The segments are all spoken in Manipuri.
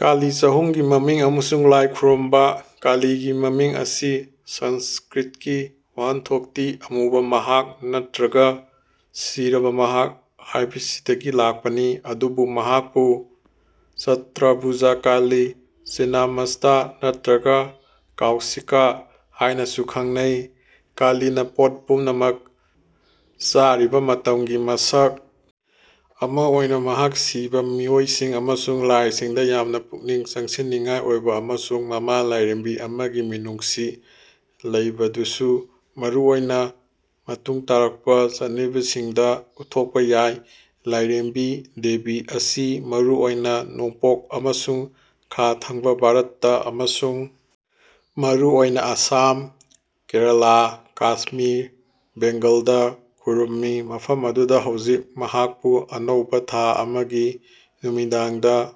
ꯀꯥꯂꯤ ꯆꯍꯨꯝꯒꯤ ꯃꯃꯤꯡ ꯑꯃꯁꯨꯡ ꯂꯥꯏ ꯈꯨꯔꯨꯝꯕ ꯀꯥꯂꯤꯒꯤ ꯃꯃꯤꯡ ꯑꯁꯤ ꯁꯪꯁꯀ꯭ꯔꯤꯠꯀꯤ ꯋꯥꯍꯟꯊꯣꯛꯇꯤ ꯑꯃꯨꯕ ꯃꯍꯥꯛ' ꯅꯠꯇ꯭ꯔꯒ ꯁꯤꯔꯤꯕ ꯃꯍꯥꯛ' ꯍꯥꯏꯕꯁꯤꯗꯒꯤ ꯂꯥꯛꯄꯅꯤ, ꯑꯗꯨꯕꯨ ꯃꯍꯥꯛꯄꯨ ꯆꯇꯨꯔꯚꯨꯖ ꯀꯥꯂꯤ, ꯆꯤꯟꯅꯃꯁꯇꯥ ꯅꯠꯇ꯭ꯔꯒ ꯀꯧꯁꯤꯀꯥ ꯍꯥꯏꯅꯁꯨ ꯈꯪꯅꯩ꯫ ꯀꯥꯂꯤꯅ ꯄꯣꯠ ꯄꯨꯝꯅꯃꯛ ꯆꯥꯔꯤꯕ ꯃꯇꯝꯒꯤ ꯃꯁꯛ ꯑꯃ ꯑꯣꯏꯅ ꯃꯍꯥꯛ ꯁꯤꯕ ꯃꯤꯑꯣꯏꯁꯤꯡ ꯑꯃꯁꯨꯡ ꯂꯥꯏꯁꯤꯡꯗ ꯌꯥꯝꯅ ꯄꯨꯛꯅꯤꯡ ꯆꯤꯡꯁꯤꯟꯅꯤꯡꯉꯥꯏ ꯑꯣꯏ ꯑꯃꯁꯨꯡ ꯃꯃꯥ ꯂꯥꯏꯔꯦꯝꯕꯤ ꯑꯃꯒꯤ ꯃꯤꯅꯨꯡꯁꯤ ꯂꯩꯕꯗꯨꯁꯨ (ꯃꯔꯨꯑꯣꯏꯅ ꯃꯇꯨꯡ ꯇꯥꯔꯛꯄ ꯆꯠꯅꯕꯤꯁꯤꯡꯗ) ꯎꯠꯊꯣꯛꯄ ꯌꯥꯏ꯫ ꯂꯥꯏꯔꯦꯝꯕꯤ (ꯗꯦꯕꯤ) ꯑꯁꯤ ꯃꯔꯨꯑꯣꯏꯅ ꯅꯣꯡꯄꯣꯛ ꯑꯃꯁꯨꯡ ꯈꯥ ꯊꯪꯕ ꯚꯥꯔꯠꯇ ꯑꯃꯁꯨꯡ ꯃꯔꯨꯑꯣꯏꯅ ꯑꯁꯥꯝ, ꯀꯦꯔꯂꯥ, ꯀꯁꯃꯤꯔ, ꯕꯦꯡꯒꯣꯜꯗ ꯈꯨꯔꯨꯝꯃꯤ ꯃꯐꯝ ꯑꯗꯨꯗ ꯍꯧꯖꯤꯛ ꯃꯍꯥꯛꯄꯨ ꯑꯅꯧꯕ ꯊꯥ ꯑꯃꯒꯤ ꯅꯨꯃꯤꯗꯥꯡꯗ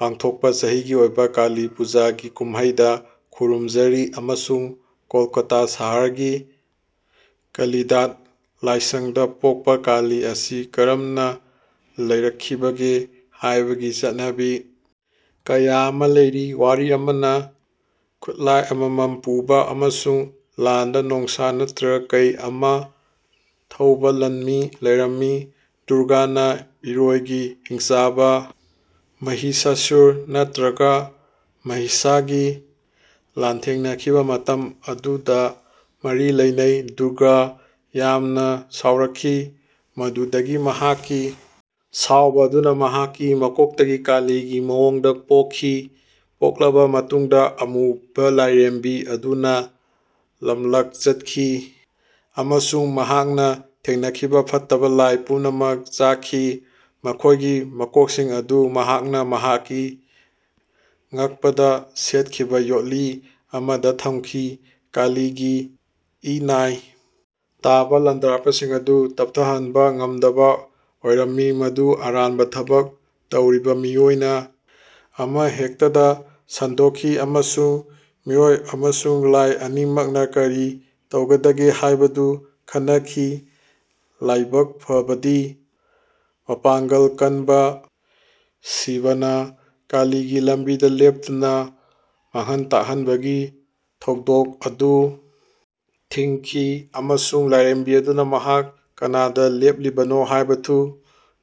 ꯄꯥꯡꯊꯣꯛꯄ ꯆꯍꯤꯒꯤ ꯑꯣꯏꯕ ꯀꯥꯂꯤ ꯄꯨꯖꯥꯒꯤ ꯀꯨꯝꯍꯩꯗ ꯈꯨꯔꯨꯝꯖꯔꯤ ꯑꯃꯁꯨꯡ ꯀꯜꯀꯥꯇꯥ ꯁꯍꯔꯒꯤ ꯀꯥꯂꯤꯘꯥꯠ ꯂꯥꯏꯁꯪꯗ ꯄꯣꯛꯄ ꯀꯥꯂꯤ ꯑꯁꯤ ꯀꯔꯝꯅ ꯂꯩꯔꯛꯈꯤꯕꯒꯦ ꯍꯥꯏꯕꯒꯤ ꯆꯠꯅꯕꯤ ꯀꯌꯥ ꯑꯃ ꯂꯩꯔꯤ꯫ ꯋꯥꯔꯤ ꯑꯃꯅ ꯈꯨꯠꯂꯥꯏ ꯑꯃꯃꯝ ꯄꯨꯕ ꯑꯃꯁꯨꯡ ꯂꯥꯟꯗ ꯅꯣꯡꯁꯥ ꯅꯠꯇ꯭ꯔꯒ ꯀꯩ ꯑꯃ ꯊꯧꯕ ꯂꯥꯟꯃꯤ ꯂꯥꯏꯔꯦꯝꯕꯤ ꯗꯨꯔꯒꯥꯅ ꯏꯔꯣꯏꯒꯤ ꯍꯤꯡꯆꯥꯕ ꯃꯍꯤꯁꯥꯁꯨꯔ (ꯅꯠꯇ꯭ꯔꯒ ꯃꯍꯤꯁꯥ)ꯒ ꯂꯥꯟꯊꯦꯡꯅꯈꯤꯕ ꯃꯇꯝ ꯑꯗꯨꯒ ꯃꯔꯤ ꯂꯩꯅꯩ꯫ ꯗꯨꯔꯒꯥ ꯌꯥꯝꯅ ꯁꯥꯎꯔꯛꯈꯤ ꯃꯗꯨꯗꯗꯤ ꯃꯍꯥꯛꯀꯤ ꯁꯥꯎꯕ ꯑꯗꯨꯅ ꯃꯍꯥꯛꯀꯤ ꯃꯀꯣꯛꯇꯒꯤ ꯀꯥꯂꯤꯒꯤ ꯃꯑꯣꯡꯗ ꯄꯣꯛꯈꯤ꯫ ꯄꯣꯛꯂꯕ ꯃꯇꯨꯡꯗ ꯑꯃꯨꯕ ꯂꯥꯏꯔꯦꯝꯕꯤ ꯑꯗꯨꯅ ꯂꯝꯂꯛ ꯆꯠꯈꯤ ꯑꯃꯁꯨꯡ ꯃꯍꯥꯛꯅ ꯊꯦꯡꯅꯈꯤꯕ ꯐꯠꯇꯕ ꯂꯥꯏ ꯄꯨꯝꯅꯃꯛ ꯆꯥꯈꯤ, ꯃꯈꯣꯏꯒꯤ ꯃꯀꯣꯛꯁꯤꯡ ꯑꯗꯨ ꯃꯍꯥꯛꯅ ꯃꯍꯥꯛꯀꯤ ꯉꯛꯄꯗ ꯁꯦꯠꯈꯤꯕ ꯌꯣꯠꯂꯤ ꯑꯃꯗ ꯊꯝꯈꯤ꯫ ꯀꯥꯂꯤꯒꯤ ꯏ-ꯅꯥꯏ ꯇꯥꯕ ꯂꯥꯟꯗꯥꯔꯛꯄꯁꯤꯡ ꯑꯗꯨ ꯇꯞꯊꯍꯟꯕ ꯉꯝꯗꯕ ꯑꯣꯏꯔꯝꯃꯤ, ꯃꯗꯨ ꯑꯔꯥꯟꯕ ꯊꯕꯛ ꯇꯧꯔꯤꯕ ꯃꯤꯑꯣꯏ ꯑꯃꯍꯦꯛꯇꯗ ꯁꯟꯗꯣꯛꯈꯤ, ꯑꯃꯁꯨꯡ ꯃꯤꯑꯣꯏ ꯑꯃꯁꯨꯡ ꯂꯥꯏ ꯑꯅꯤꯃꯛꯅ ꯀꯔꯤ ꯇꯧꯒꯗꯒꯦ ꯍꯥꯏꯕꯗꯨ ꯈꯟꯅꯈꯤ꯫ ꯂꯥꯏꯕꯛ ꯐꯕꯗꯤ, ꯃꯄꯥꯡꯒꯜ ꯀꯟꯕ ꯁꯤꯕꯅ ꯀꯥꯂꯤꯒꯤ ꯂꯝꯕꯤꯗ ꯂꯦꯞꯇꯨꯅ ꯃꯥꯡꯍꯟ-ꯇꯥꯛꯍꯟꯕꯒꯤ ꯊꯧꯗꯣꯛ ꯑꯗꯨ ꯊꯤꯡꯈꯤ, ꯑꯃꯁꯨꯡ ꯂꯥꯏꯔꯦꯝꯕꯤ ꯑꯗꯨꯅ ꯃꯍꯥꯛ ꯀꯅꯥꯗ ꯂꯦꯞꯂꯤꯕꯅꯣ ꯍꯥꯏꯕꯗꯨ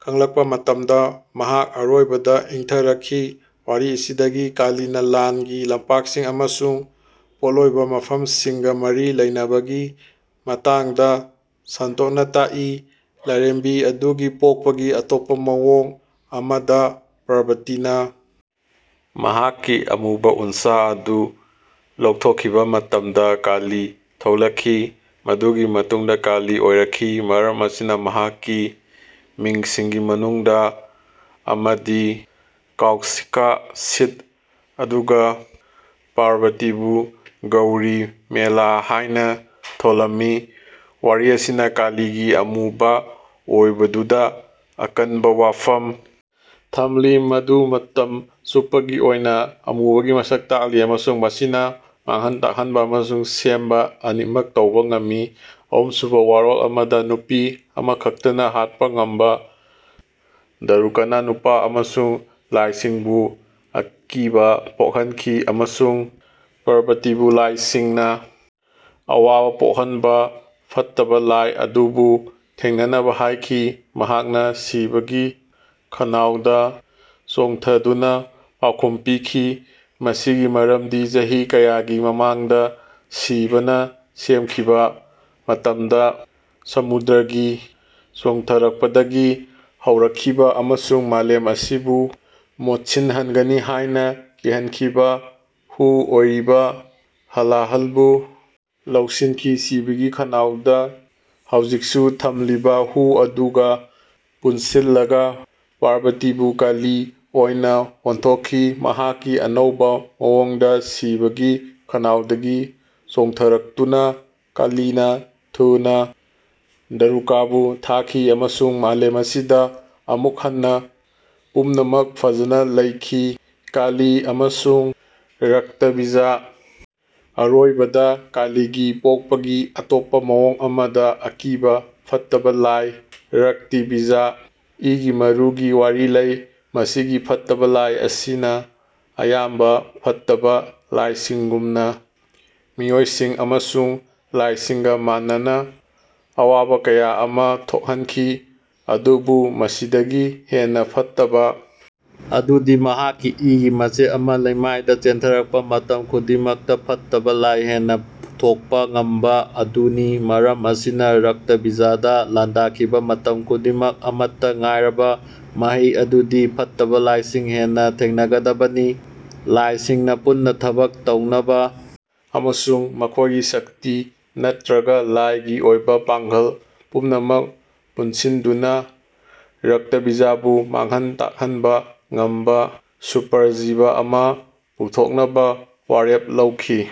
ꯈꯪꯂꯛꯄ ꯃꯇꯝꯗ ꯃꯍꯥꯛ ꯑꯔꯣꯏꯕꯗ ꯏꯪꯊꯔꯛꯈꯤ꯫ ꯋꯥꯔꯤ ꯑꯁꯤꯗꯒꯤ ꯀꯥꯂꯤꯅ ꯂꯥꯟꯒꯤ ꯂꯝꯄꯥꯛꯁꯤꯡ ꯑꯃꯁꯨꯡ ꯄꯣꯠꯂꯣꯏꯕ ꯃꯐꯝꯁꯤꯡꯒ ꯃꯔꯤ ꯂꯩꯅꯕꯒꯤ ꯃꯇꯥꯡꯗ ꯁꯟꯗꯣꯛꯅ ꯇꯥꯛꯂꯤ꯫ ꯂꯥꯏꯔꯦꯝꯕꯤ ꯑꯗꯨꯒꯤ ꯄꯣꯛꯄꯒꯤ ꯑꯇꯣꯞꯄ ꯃꯑꯣꯡ ꯑꯃꯗ, ꯄꯥꯔꯕꯇꯤꯅ ꯃꯍꯥꯛꯀꯤ ꯑꯃꯨꯕ ꯎꯟꯁꯥ ꯑꯗꯨ ꯂꯧꯊꯣꯛꯈꯤꯕ ꯃꯇꯝꯗ ꯀꯥꯂꯤ ꯊꯣꯛꯂꯛꯈꯤ꯫ ꯃꯗꯨꯒꯤ ꯃꯇꯨꯡꯗ ꯀꯥꯂꯤ ꯑꯣꯏꯔꯛꯈꯤ, ꯃꯔꯝ ꯑꯁꯤꯅ ꯃꯍꯥꯛꯀꯤ ꯃꯤꯡꯁꯤꯡꯒꯤ ꯃꯅꯨꯡꯗ ꯑꯃꯗꯤ ꯀꯧꯁꯤꯀꯥ (ꯁꯤꯊ), ꯑꯗꯨꯒ ꯄꯥꯔꯕꯇꯤꯕꯨ ꯒꯧꯔꯤ (ꯃꯦꯂꯥ) ꯍꯥꯏꯅ ꯊꯝꯂꯝꯃꯤ꯫ ꯋꯥꯔꯤ ꯑꯁꯤꯅ ꯀꯥꯂꯤꯒꯤ ꯑꯃꯨꯕ ꯑꯣꯏꯕꯗꯨꯗ ꯑꯀꯟꯕ ꯋꯥꯐꯝ ꯊꯝꯂꯤ ꯃꯗꯨ ꯃꯇꯝ ꯆꯨꯞꯄꯒꯤ ꯑꯣꯏꯅ ꯑꯃꯝꯕꯒꯤ ꯃꯁꯛ ꯇꯥꯛꯂꯤ ꯑꯃꯁꯨꯡ ꯃꯁꯤꯅ ꯃꯥꯡꯍꯟ ꯇꯥꯛꯍꯟꯕ ꯑꯃꯁꯨꯡ ꯁꯦꯝꯕ ꯑꯅꯤꯃꯛ ꯇꯧꯕ ꯉꯝꯃꯤ꯫ ꯑꯍꯨꯝꯁꯨꯕ ꯋꯥꯔꯣꯜ ꯑꯃꯗ, ꯅꯨꯄꯤ ꯑꯃꯈꯛꯇꯅ ꯍꯥꯠꯄ ꯉꯝꯕ ꯗꯥꯔꯨꯀꯥꯅ ꯅꯨꯄꯥ ꯑꯃꯁꯨꯡ ꯂꯥꯏꯁꯤꯡꯕꯨ ꯑꯀꯤꯕ ꯄꯣꯛꯍꯟꯈꯤ, ꯑꯃꯁꯨꯡ ꯄꯥꯔꯕꯇꯤꯕꯨ ꯂꯥꯏꯁꯤꯡꯅ ꯑꯋꯥꯕ ꯄꯣꯛꯍꯟꯕ ꯐꯠꯇꯕ ꯂꯥꯏ ꯑꯗꯨꯕꯨ ꯊꯦꯡꯅꯅꯕ ꯍꯥꯏꯈꯤ꯫ ꯃꯍꯥꯛꯅ ꯁꯤꯕꯒꯤ ꯈꯅꯥꯎꯗ ꯆꯣꯡꯊꯗꯨꯅ ꯄꯥꯎꯈꯨꯝ ꯄꯤꯈꯤ꯫ ꯃꯁꯤꯒꯤ ꯃꯔꯝꯗꯤ ꯆꯍꯤ ꯀꯌꯥꯒꯤ ꯃꯃꯥꯡꯗ ꯁꯤꯕꯅ ꯁꯦꯝꯈꯤꯕ ꯃꯇꯝꯗ ꯁꯃꯨꯗ꯭ꯔꯒꯤ ꯆꯣꯡꯊꯔꯛꯄꯗꯒꯤ ꯍꯧꯔꯛꯈꯤꯕ ꯑꯃꯁꯨꯡ ꯃꯥꯂꯦꯝ ꯑꯁꯤꯕꯨ ꯃꯣꯠꯁꯤꯟꯍꯟꯒꯅꯤ ꯍꯥꯏꯅ ꯀꯤꯍꯟꯈꯤꯕ ꯍꯨ ꯑꯣꯏꯔꯤꯕ ꯍꯂꯥꯍꯜꯕꯨ ꯂꯧꯁꯤꯟꯈꯤ꯫ ꯁꯤꯕꯒꯤ ꯈꯅꯥꯎꯗ ꯍꯧꯖꯤꯛꯁꯨ ꯊꯝꯂꯤꯕ ꯍꯨ ꯑꯗꯨꯒ ꯄꯨꯟꯁꯤꯜꯂꯒ ꯄꯥꯔꯕꯇꯤꯕꯨ ꯀꯥꯂꯤ ꯑꯣꯏꯅ ꯑꯣꯟꯊꯣꯛꯈꯤ꯫ ꯃꯍꯥꯛꯀꯤ ꯑꯅꯧꯕ ꯃꯑꯣꯡꯗ ꯁꯤꯕꯒꯤ ꯈꯅꯥꯎꯗꯒꯤ ꯆꯣꯡꯊꯔꯛꯇꯨꯅ, ꯀꯥꯂꯤꯅ ꯊꯨꯅ ꯗꯥꯔꯨꯀꯥꯕꯨ ꯊꯥꯈꯤ ꯑꯃꯁꯨꯡ ꯃꯥꯂꯦꯝ ꯑꯁꯤꯗ ꯑꯃꯨꯛ ꯍꯟꯅ ꯄꯨꯝꯅꯃꯛ ꯐꯖꯅ ꯂꯩꯈꯤ꯫ ꯀꯥꯂꯤ ꯑꯃꯁꯨꯡ ꯔꯛꯇꯥꯕꯤꯖꯥ ꯑꯔꯣꯏꯕꯗ, ꯀꯥꯂꯤꯒꯤ ꯄꯣꯛꯄꯒꯤ ꯑꯇꯣꯞꯄ ꯃꯑꯣꯡ ꯑꯃꯗ, ꯑꯀꯤꯕ ꯐꯠꯇꯕ ꯂꯥꯏ ꯔꯛꯇꯥꯕꯤꯖ (ꯏꯒꯤ ꯃꯔꯨ)ꯒꯤ ꯋꯥꯔꯤ ꯂꯩ꯫ ꯃꯁꯤꯒꯤ ꯐꯠꯇꯕ ꯂꯥꯏ ꯑꯁꯤꯅ ꯑꯌꯥꯝꯕ ꯐꯠꯇꯕ ꯂꯥꯏꯁꯤꯡꯒꯨꯝꯅ ꯃꯤꯑꯣꯏꯁꯤꯡ ꯑꯃꯁꯨꯡ ꯂꯥꯏꯁꯤꯡꯒ ꯃꯥꯟꯅꯅ ꯑꯋꯥꯕ ꯀꯌꯥ ꯑꯃ ꯊꯣꯛꯍꯟꯈꯤ ꯑꯗꯨꯕꯨ ꯃꯁꯤꯗꯒꯤ ꯍꯦꯟꯅ ꯐꯠꯇꯕ ꯑꯗꯨꯗꯤ ꯃꯍꯥꯛꯀꯤ ꯏꯒꯤ ꯃꯆꯦꯠ ꯑꯃ ꯂꯩꯃꯥꯏꯗ ꯆꯦꯟꯊꯔꯛꯄ ꯃꯇꯝ ꯈꯨꯗꯤꯡꯃꯛꯇ ꯐꯠꯇꯕ ꯂꯥꯏ ꯍꯦꯟꯅ ꯄꯨꯊꯣꯛꯄ ꯉꯝꯕ ꯑꯗꯨꯅꯤ꯫ ꯃꯔꯝ ꯑꯁꯤꯅ ꯔꯛꯇꯥꯕꯤꯖꯥꯗ ꯂꯥꯟꯗꯥꯈꯤꯕ ꯃꯇꯝ ꯈꯨꯗꯤꯡꯃꯛ ꯑꯃꯠꯇ ꯉꯥꯏꯔꯕ ꯃꯍꯩ ꯑꯗꯨꯗꯤ ꯐꯠꯇꯕ ꯂꯥꯏꯁꯤꯡ ꯍꯦꯟꯅ ꯊꯦꯡꯅꯒꯗꯕꯅꯤ꯫ ꯂꯥꯏꯁꯤꯡꯅ ꯄꯨꯟꯅ ꯊꯕꯛ ꯇꯧꯅꯕ ꯑꯃꯁꯨꯡ ꯃꯈꯣꯏꯒꯤ ꯁꯛꯇꯤ ꯅꯠꯇ꯭ꯔꯒ ꯂꯥꯏꯒꯤ ꯑꯣꯏꯕ ꯄꯥꯡꯒꯜ ꯄꯨꯝꯅꯃꯛ ꯄꯨꯟꯁꯤꯟꯗꯨꯅ ꯔꯛꯇꯥꯕꯤꯖꯕꯨ ꯃꯥꯡꯍꯟ ꯇꯥꯛꯍꯟꯕ ꯉꯝꯕ ꯁꯨꯄꯔ ꯖꯤꯕ ꯑꯃ ꯄꯨꯊꯣꯛꯅꯕ ꯋꯥꯔꯦꯞ ꯂꯧꯈꯤ꯫